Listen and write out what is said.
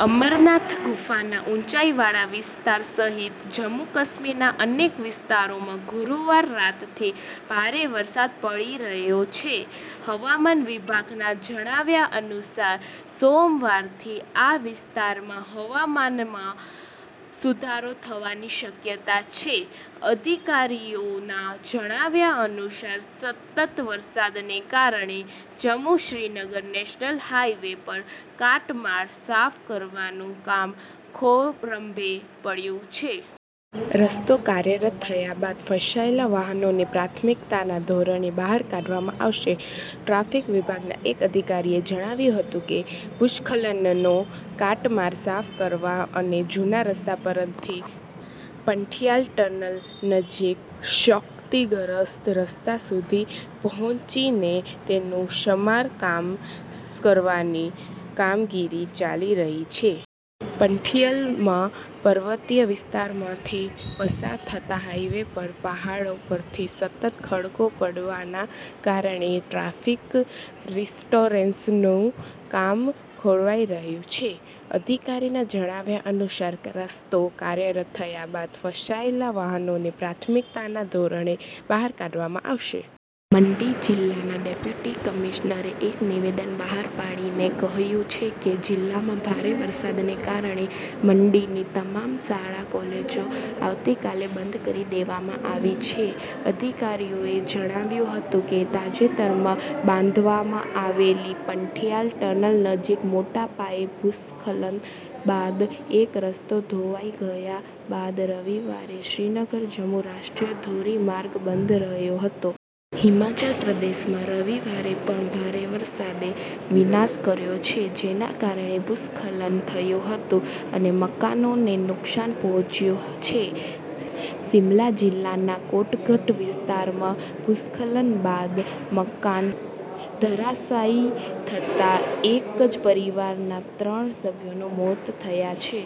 અમરનાથ ગુફાના ઊંચાઈવાળા વિસ્તાર સહિત જમ્મુ-કાશ્મીરના અનેક વિસ્તારોમાં ગુરુવાર રાતથી ભારે વરસાદ પડી રહ્યો છે. હવામાન વિભાગના જણાવ્યા અનુસાર સોમવારથી આ વિસ્તારમાં હવામાનમાં સુધારો થવાની શક્યતા છે. અધિકારીઓના જણાવ્યા અનુસાર સતત વરસાદને કારણે જમ્મુ-શ્રીનગર નેશનલ હાઇવે પર કાટમાળ સાફ કરવાનું કામ ખોરંભે પડ્યું છે. રસ્તો કાર્યરત થયા બાદ ફસાયેલા વાહનોને પ્રાથમિકતાના ધોરણે બહાર કાઢવામાં આવશે ટ્રાફિક વિભાગના એક અધિકારીએ જણાવ્યું હતું કે ભૂસ્ખલનનો કાટમાળ સાફ કરવા અને જૂના રસ્તા પરથી પંથિયાલ ટનલ નજીક ક્ષતિગ્રસ્ત રસ્તા સુધી પહોંચીને તેનું સમારકામ કરવાની કામગીરી ચાલી રહી છે. પંથિયલમાં પર્વતીય વિસ્તારમાંથી પસાર થતા હાઈવે પર પહાડો પરથી સતત ખડકો પડવાના કારણે ટ્રાફિક રિસ્ટોરેશનનું કામ ખોરવાઈ રહ્યું છે. અધિકારીના જણાવ્યા અનુસાર રસ્તો કાર્યરત થયા બાદ ફસાયેલા વાહનોને પ્રાથમિકતાના ધોરણે બહાર કાઢવામાં આવશે. મંડી જિલ્લાના ડેપ્યુટી કમિશનરે એક નિવેદન બહાર પાડીને કહ્યું છે કે જિલ્લામાં ભારે વરસાદને કારણે મંડીની તમામ શાળા-કોલેજો આવતીકાલે બંધ કરી દેવામાં આવી છે. અધિકારીઓએ જણાવ્યું હતું કે, તાજેતરમાં બાંધવામાં આવેલી પાંથિયાલ ટનલ નજીક મોટા પાયે ભૂસ્ખલન બાદ એક રસ્તો ધોવાઈ ગયા બાદ રવિવારે શ્રીનગર-જમ્મુ રાષ્ટ્રીય ધોરીમાર્ગ બંધ રહ્યો હતો. હિમાચલ પ્રદેશમાં રવિવારે પણ ભારે વરસાદે વિનાશ કર્યો છે, જેના કારણે ભૂસ્ખલન થયું હતું અને મકાનોને નુકસાન પહોંચ્યું છે. શિમલા જિલ્લાના કોટગઢ વિસ્તારમાં ભૂસ્ખલન બાદ મકાન ધરાશાયી થતાં એક જ પરિવારના ત્રણ સભ્યોના મોત થયા છે.